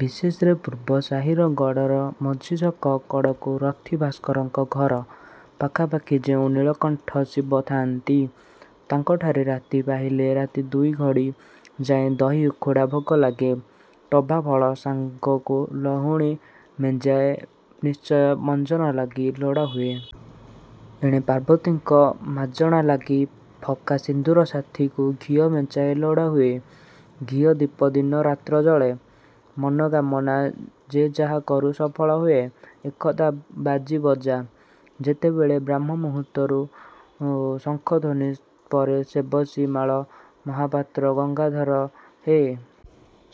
ବିଶେଷରେ ପୂର୍ବ ସାହିରେ ଗଡ଼ର ମଝି ଛକ କଡ଼କୁ ରଥୀ ଭାସ୍କରଙ୍କ ଘର ପାଖାପାଖି ଯେଉଁ ନୀଳକଣ୍ଠ ଶିବ ଥାନ୍ତି, ତାଙ୍କଠାରେ ରାତି ପାହିଲେ ରାତି ଦୁଇଘଡ଼ି ଯାଏ ଦହି ଉଖୁଡ଼ା ଭୋଗ ଲାଗେ। ଟଭା ଫଳ ସାଙ୍ଗକୁ ଲହୁଣୀ ମେଞ୍ଚାଏ ନିଶ୍ଚିୟ ମଞ୍ଜନ ଲାଗି ଲୋଡ଼ା ହୁଏ। ଏଣେ ପାର୍ବତୀଙ୍କ ମାଜଣା ଲାଗି ଫକା ସିନ୍ଦୂର ସାଥିକୁ ଘିଅ ମେଞ୍ଚାଏ ଲୋଡ଼ା ହୁଏ। ଘିଅ ଦୀପ ଦିନରାତ୍ର ଜଳେ। ମନ କାମନା ଯେ ଯାହା କରୁ ସଫଳ ହୁଏ, ଏକଥା ବାଜି ବଜା। ଯେତେବେଳେ ବ୍ରାହ୍ମ ମୂହୁର୍ତ୍ତରୁ ଶଙ୍ଖ ଧ୍ୱନି ପରେ ସେବାସୀ ମାଳୀ ମହାପାତ୍ର ''ଗଙ୍ଗାଧର ହେ!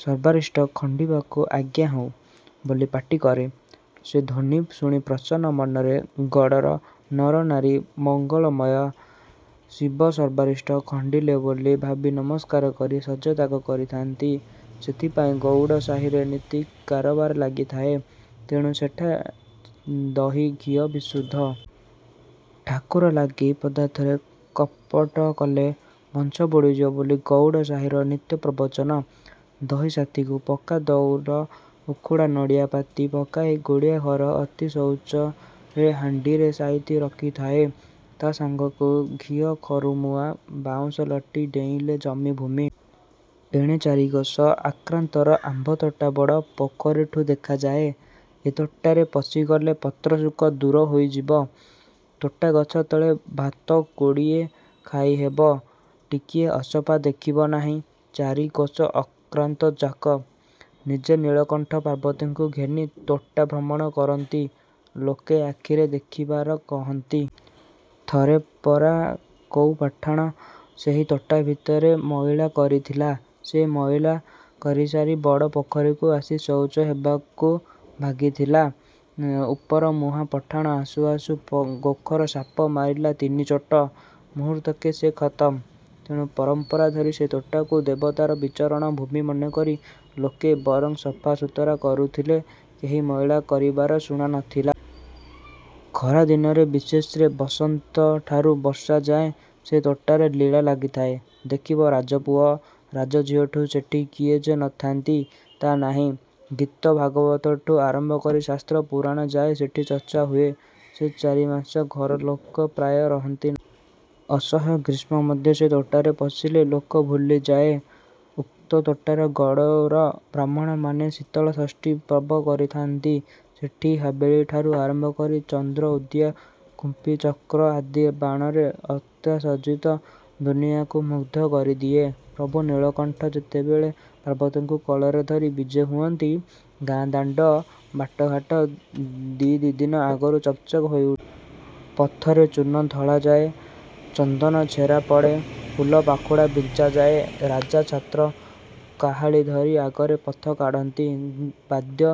ସର୍ବାରିଷ୍ଟ ଖଣ୍ଡିବାକୁ ଅଜ୍ଞା ହେଉ" ବୋଲି ପାଟିକରେ, ସେ ଧ୍ୱନି ଶୁଣି ପ୍ରସନ୍ନ ମନରେ ଗଡ଼ର ନରନାରୀ ମଙ୍ଗଳମୟ। ଶିବ ସର୍ବରିଷ୍ଟ ଖଣ୍ଡିଲେ ବୋଲି ଭାବି ନରସ୍କାର କରି ଶଯ୍ୟାତ୍ୟାଗ କରିଥାନ୍ତି। ସେଇଥିପାଇଁ ଗଉଡ଼ ସାହିରେ ନିତି କରାବର ଲାଗିଥାଏ। ତେଣୁ ସେଠା ଦହି, ଘିଅ ବିଶୁଦ୍ଧ। ଠାକୁର ଲାଗି ପଦାର୍ଥରେ କପଟ କଲେ, ବଂଶ ବୁଡ଼ିଯିବ ବୋଲି ଗଉଡ଼ ସାହିରେ ନିତ୍ୟ ପ୍ରବଚନ। ଦହି ସାଥୀକୁ ପକ୍କା ତଉଲ ଉଖୁଡ଼ା ନଡ଼ିଆ ପାତି ପକାଇ ଗୁଡ଼ିଆ ଘର ଅତି ଶୌଚରେ ହାଣ୍ଡିରେ ସାଇତି ରଖିଥାଏ। ତା ସାଙ୍ଗକୁ ଘିଅ ଖୁରୁମୁଆଁ। ବାଉଁଶ ଲଟି ଡେଇଁଲେ ଜମି ଭୂମି। ଏଣେ ଚାରିକୋଶ ଆକ୍ରାନ୍ତର ଆମ୍ବତୋଟା ବଡ଼ ପୋଖରୀଠୁ ଦେଖାଯାଏ। ଏ ତୋଟାରେ ପଶିଗଲେ ପୁତ୍ରଶୋକ ଦୂର ହୋଇଯିବ। ତୋଟାଗଛ ତଳେ ଭାତ କୁଢ଼େଇ ଖାଇହେବ। ଟିକିଏ ଅସଫା ଦେଖିବ ନାହିଁ—ଚାରି କୋଶ ଆକ୍ରାନ୍ତଯାକ। ନିଜେ ନିଳକଣ୍ଠ ପାର୍ବତୀଙ୍କୁ ଘେନି ତୋଟା ଭ୍ରମଣ କରନ୍ତି, ଲୋକେ ଆଖିରେ ଦେଖିଥିବାର କହନ୍ତି। ଥରେ ପରା କୋଉ ପଠାଣ ସେହି ତୋଟା ଭିତରେ ମଇଳା କରିଥିଲା। ସେ ମଇଳା କରିସାରି ବଡ଼ ପୋଖରୀକୁ ଆସି ଶୌଚ ହେବାକୁ ଭାବିଥିଲା। ଉପରମୁହାଁ ପଠାଣ ଆସୁ ଆସୁ ଗୋଖର ସାପ ମାରିଲା ତିନି ଚୋଟ। ମୁହୂର୍ତ୍ତକେ ସେ ଖତମ। ତେଣୁ ପରମ୍ପରା ଧରି ସେ ତୋଟାକୁ ଦେବତାର ବିଚରଣ ଭୂମି ମନେକରି ଲୋକେ ବରଂ ସଫା ସୁତୁରା କରୁଥିଲେ' କେହି ମଇଳା କରିବାର ଶୁଣା ନ ଥିଲା। ଖରାଦିନରେ ବିଶେଷରେ ବସନ୍ତଠାରୁ ବର୍ଷାଯାଏ ସେ ତୋଟାରେ ଲୀଳା ଲାଗିଥାଏ। ଦେଖିବ ରଜାପୁଅ, ରଜାଝିଅଠୁ ସେଠି କିଏ ଯେ ନ ଥାନ୍ତି, ତା ନାହିଁ। ଗୀତ ଭାଗବତଠୁ ଆରମ୍ଭ କରି ଶାସ୍ତ୍ର ପୁରାଣ ଯାଏ ସେଠି ଚର୍ଚ୍ଚା ହୁଏ। ସେ ଚାରି ମାସ ଘରେ ଲୋକେ ପ୍ରାୟ ରହନ୍ତି ନାହିଁ। ଅସହ୍ୟ ଗ୍ରୀଷ୍ମ ମଧ୍ୟ ସେ ତୋଟାରେ ପଶିଲେ ଲୋକ ଭୁଲିଯାଏ। ଉକ୍ତ ତୋଟାରେ ଗଡ଼ର ବ୍ରାହ୍ମଣମାନେ ଶୀତଳଷଷ୍ଠୀ ପର୍ବ କରିଥାନ୍ତି। ସେଠି ହାବେଳିଠାରୁ ଆରମ୍ଭ କରି ଚନ୍ଦ୍ରଉଦିଆ, କୁମ୍ପି, ଚକ୍ର ଆଦି ବାଣର ଆତସବାଜି ଦୁନିଆକୁ ମୁଗ୍ଧ କରିଦିଏ। ପ୍ରଭୁ ନିଳକଣ୍ଠ ଯେତେବେଳେ ପାର୍ବତୀଙ୍କୁ କୋଳରେ ଧରି ବିଜେ ହୁଅନ୍ତି, ଗାଁ ଦାଣ୍ଡ ବାଟଘାଟ ଦି ଦିନ ଆଗରୁ ଚକ୍ ଚକ୍ ହୋଇଉଠେ। ପଥରେ ଚୂନ ଧଉଳାଯାଏ। ଚନ୍ଦନ ଛେରା ପଡ଼େ, ଫୁଲପାଖୁଡ଼ା ବିଞ୍ଛାଯାଏ। ରାଜା ଛତ୍ର କାହାଳୀ ଧରି ଆଗରେ ପଥ କଢ଼ାନ୍ତି। ବାଦ୍ୟ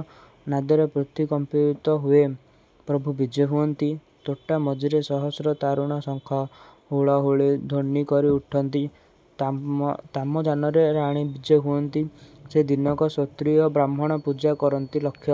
ନାଦରେ ପୃଥ୍ୱୀ କମ୍ପିତ ହୁଏ। ପ୍ରଭୁ ବିଜେ ହୁଅନ୍ତି। ତୋଟା ମଝିରେ ସହସ୍ର ତରୁଣୀ ଶଙ୍ଖ, ହୁଳହୁଳି ଧ୍ୱନି କରି ଉଠନ୍ତି। ତାମଯାନରେ ରାଣୀ ବିଜେ ହୁଅନ୍ତି। ସେ ଦିନକ ଶ୍ରୋତ୍ରିୟ ବ୍ରାହ୍ମଣ ପୂଜା କରନ୍ତି। ଲକ୍ଷ